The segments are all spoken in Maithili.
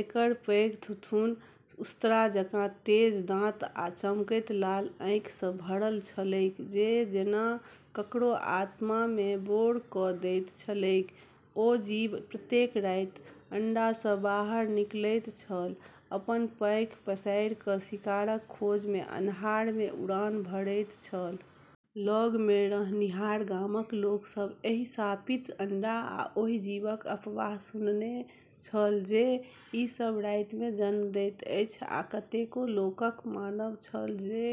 एकर पैघ थुथुन उस्तरा जकाँ तेज दाँत आ चमकैत लाल आँखि सँ भरल छलैक जे जेना ककरो आत्मा मे बोर क' दैत छलैक। ओ जीव प्रत्येक राति अंडा सँ बाहर निकलैत छल, अपन पाँखि पसारि क' शिकारक खोज मे अन्हार मे उड़ान भरैत छल। लग मे रहनिहार गामक लोक सभ एहि शापित अंडा आ ओहि जीवक अफवाह सुनने छल जे ई सभ राति मे जन्म दैत अछि आ कतेको लोकक मानब छल जे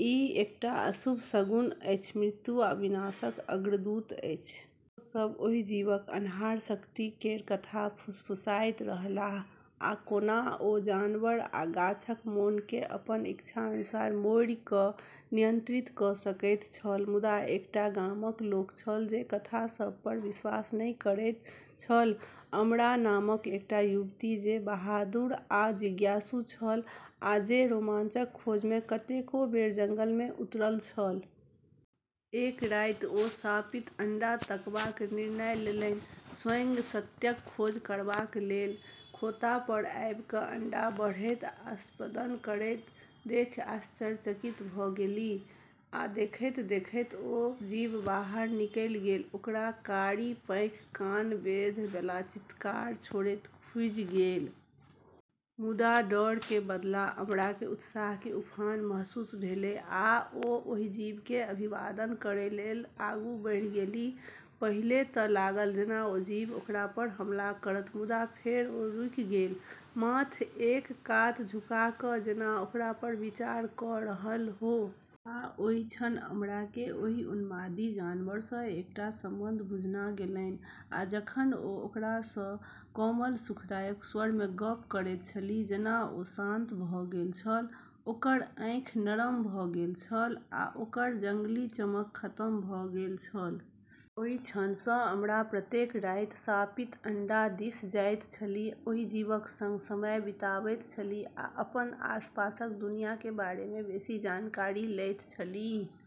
ई एकटा अशुभ शगुन अछि, मृत्यु आ विनाशक अग्रदूत अछि। ओ सभ ओहि जीवक अन्हार शक्ति केर कथा फुसफुसाइत रहलाह, आ कोना ओ जानवर आ गाछक मोन केँ अपन इच्छानुसार मोड़ि क' नियंत्रित क' सकैत छल। मुदा एकटा गामक लोक छल जे कथा सभ पर विश्वास नहि करैत छल, अमरा नामक एकटा युवती जे बहादुर आ जिज्ञासु छल, आ जे रोमांचक खोज मे कतेको बेर जंगल मे उतरल छल। एक राति ओ शापित अंडा तकबाक निर्णय लेलनि, स्वयं सत्यक खोज करबाक लेल। खोंता पर आबि क' अंडा बढ़ैत आ स्पंदन करैत देखि आश्चर्यचकित भ' गेलीह आ देखैत-देखैत ओ जीव बाहर निकलि गेल, ओकर कारी पाँखि कान बेध' बला चीत्कार छोड़ैत खुजि गेल। मुदा डर के बदला अमरा के उत्साह के उफान महसूस भेलै, आ ओ ओहि जीव के अभिवादन करय लेल आगू बढ़ि गेलीह। पहिले त' लागल जेना ओ जीव ओकरा पर हमला करत, मुदा फेर ओ रुकि गेल, माथ एक कात झुका क' जेना ओकरा पर विचार क' रहल हो। आ ओहि क्षण अमरा केँ ओहि उन्मादी जानवर सँ एकटा संबंध बुझना गेलनि, आ जखन ओ ओकरा सँ कोमल, सुखदायक स्वर मे गप्प करैत छलीह, जेना ओ शान्त भ' गेल छल, ओकर आँखि नरम भ' गेल छल आ ओकर जंगली चमक खतम भ' गेल छल। ओहि क्षण सँ अमरा प्रत्येक राति शापित अंडा दिस जाइत छलीह, ओहि जीवक संग समय बिताबैत छलीह आ अपन आसपासक दुनिया के बारे मे बेसी जानकारी लैत छलीह।